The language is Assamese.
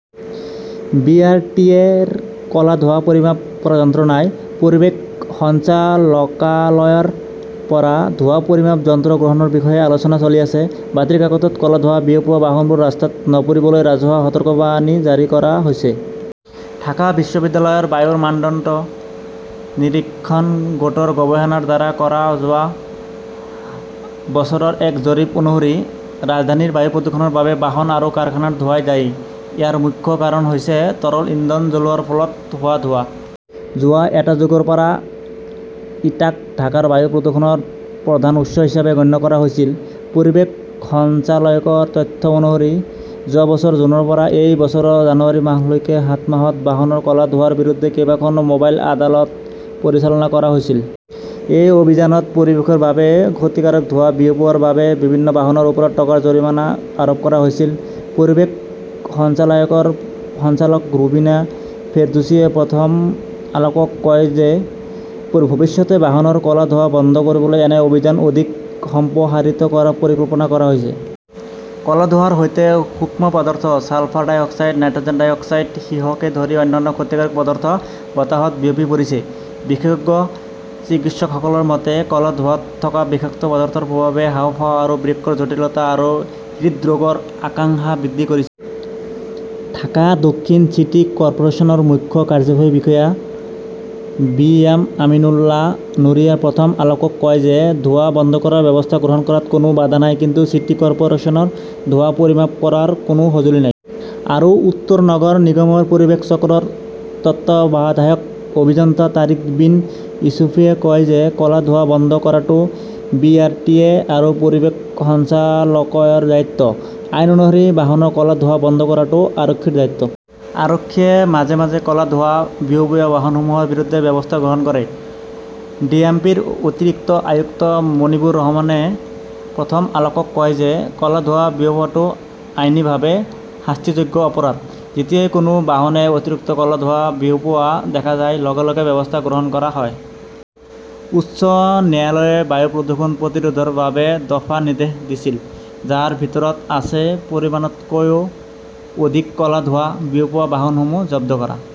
বি. আৰ. টি. এ. -ৰ ক'লা ধোঁৱা পৰিমাপ কৰা যন্ত্ৰ নাই। পৰিৱেশ সঞ্চালকালয়ৰ পৰা ধোঁৱা পৰিমাপ যন্ত্ৰ গ্ৰহণৰ বিষয়ে আলোচনা চলি আছে। বাতৰি কাকতত ক'লা ধোঁৱা বিয়পোৱা বাহনবোৰ ৰাস্তাত নপৰিবলৈ ৰাজহুৱা সতৰ্কবাণী জাৰি কৰা হৈছে। ঢাকা বিশ্ববিদ্যালয়ৰ বায়ুৰ মানদণ্ড নিৰীক্ষণ গোটৰ গৱেষণাৰ দ্বাৰা কৰা যোৱা বছৰৰ এক জৰীপ অনুসৰি, ৰাজধানীৰ বায়ু প্ৰদূষণৰ বাবে বাহন আৰু কাৰখানাৰ ধোঁৱাই দায়ী। ইয়াৰ মুখ্য কাৰণ হৈছে তৰল ইন্ধন জ্বলোৱাৰ ফলত হোৱা ধোঁৱা। যোৱা এটা যুগৰ পৰা ইটাক ঢাকাৰ বায়ু প্ৰদূষণৰ প্ৰধান উৎস হিচাপে গণ্য কৰা হৈছিল। পৰিৱেশ সঞ্চালকালয়ৰ তথ্য অনুসৰি, যোৱা বছৰ জুনৰ পৰা এই বছৰৰ জানুৱাৰী মাহলৈকে সাত মাহত বাহনৰ ক'লা ধোঁৱাৰ বিৰুদ্ধে কেইবাখনো মোবাইল আদালত পৰিচালনা কৰা হৈছিল। এই অভিযানত পৰিৱেশৰ বাবে ক্ষতিকাৰক ধোঁৱা বিয়পোৱাৰ বাবে বিভিন্ন বাহনৰ ওপৰত টকাৰ জৰিমনা আৰোপ কৰা হৈছিল। পৰিৱেশ সঞ্চালকালয়ৰ সঞ্চালক ৰুবিনা ফেৰদৌছিয়ে প্ৰথম আলোকক কয় যে ভৱিষ্যতে বাহনৰ ক'লা ধোঁৱা বন্ধ কৰিবলৈ এনে অভিযান অধিক সম্প্ৰসাৰিত কৰাৰ পৰিকল্পনা কৰা হৈছে। ক'লা ধোঁৱাৰ সৈতে সূক্ষ্ম পদাৰ্থ, sulphur dioxide, nitrogen dioxide, সীহকে ধৰি অন্যান্য ক্ষতিকাৰক পদাৰ্থ বতাহত বিয়পি পৰিছে। বিশেষজ্ঞ চিকিৎসকসকলৰ মতে, ক'লা ধোঁৱাত থকা বিষাক্ত পদাৰ্থৰ প্ৰভাৱে হাঁওফাঁও আৰু বৃক্কৰ জটিলতা আৰু হৃদৰোগৰ আশংকা বৃদ্ধি কৰিছে। ঢাকা দক্ষিণ চিটি কৰ্পোৰেচনৰ মুখ্য কাৰ্যবাহী বিষয়া বি. এম. আমিন উল্লা নুৰীয়ে প্ৰথম আলোকক কয় যে, "ধোঁৱা বন্ধ কৰাৰ ব্যৱস্থা গ্ৰহণ কৰাত কোনো বাধা নাই। কিন্তু চিটি কৰ্পোৰেচনৰ ধোঁৱা পৰিমাপ কৰাৰ কোনো সঁজুলি নাই।" আৰু উত্তৰ নগৰ নিগমৰ পৰিৱেশ চক্ৰৰ তত্ত্বাৱধায়ক অভিযন্তা তাৰিক বিন ইউছুফে কয় যে, "ক'লা ধোঁৱা বন্ধ কৰাটো বি. আৰ. টি. এ. আৰু পৰিৱেশ সঞ্চালকালয়ৰ দায়িত্ব। আইন অনুসৰি, বাহনৰ ক'লা ধোঁৱা বন্ধ কৰাটোও আৰক্ষীৰ দায়িত্ব। আৰক্ষীয়ে মাজে মাজে ক'লা ধোঁৱা বিয়পোৱা বাহনসমূহৰ বিৰুদ্ধে ব্যৱস্থা গ্ৰহণ কৰে।" ডিএমপিৰ অতিৰিক্ত আয়ুক্ত মনিবুৰ ৰহমানে প্ৰথম আলোকক কয় যে, "ক'লা ধোঁৱা বিয়পোৱাটো আইনীভাৱে শাস্তিযোগ্য অপৰাধ। যেতিয়াই কোনো বাহনে অতিৰিক্ত ক'লা ধোঁৱা বিয়পোৱা দেখা যায়, লগে লগে ব্যৱস্থা গ্ৰহণ কৰা হয়।" উচ্চ ন্যায়ালয়ে বায়ু প্ৰদূষণ প্ৰতিৰোধৰ বাবে দফা নিৰ্দেশ দিছিল, যাৰ ভিতৰত আছে পৰিমাণতকৈ অধিক ক'লা ধোঁৱা বিয়পোৱা বাহনসমূহ জব্দ কৰা।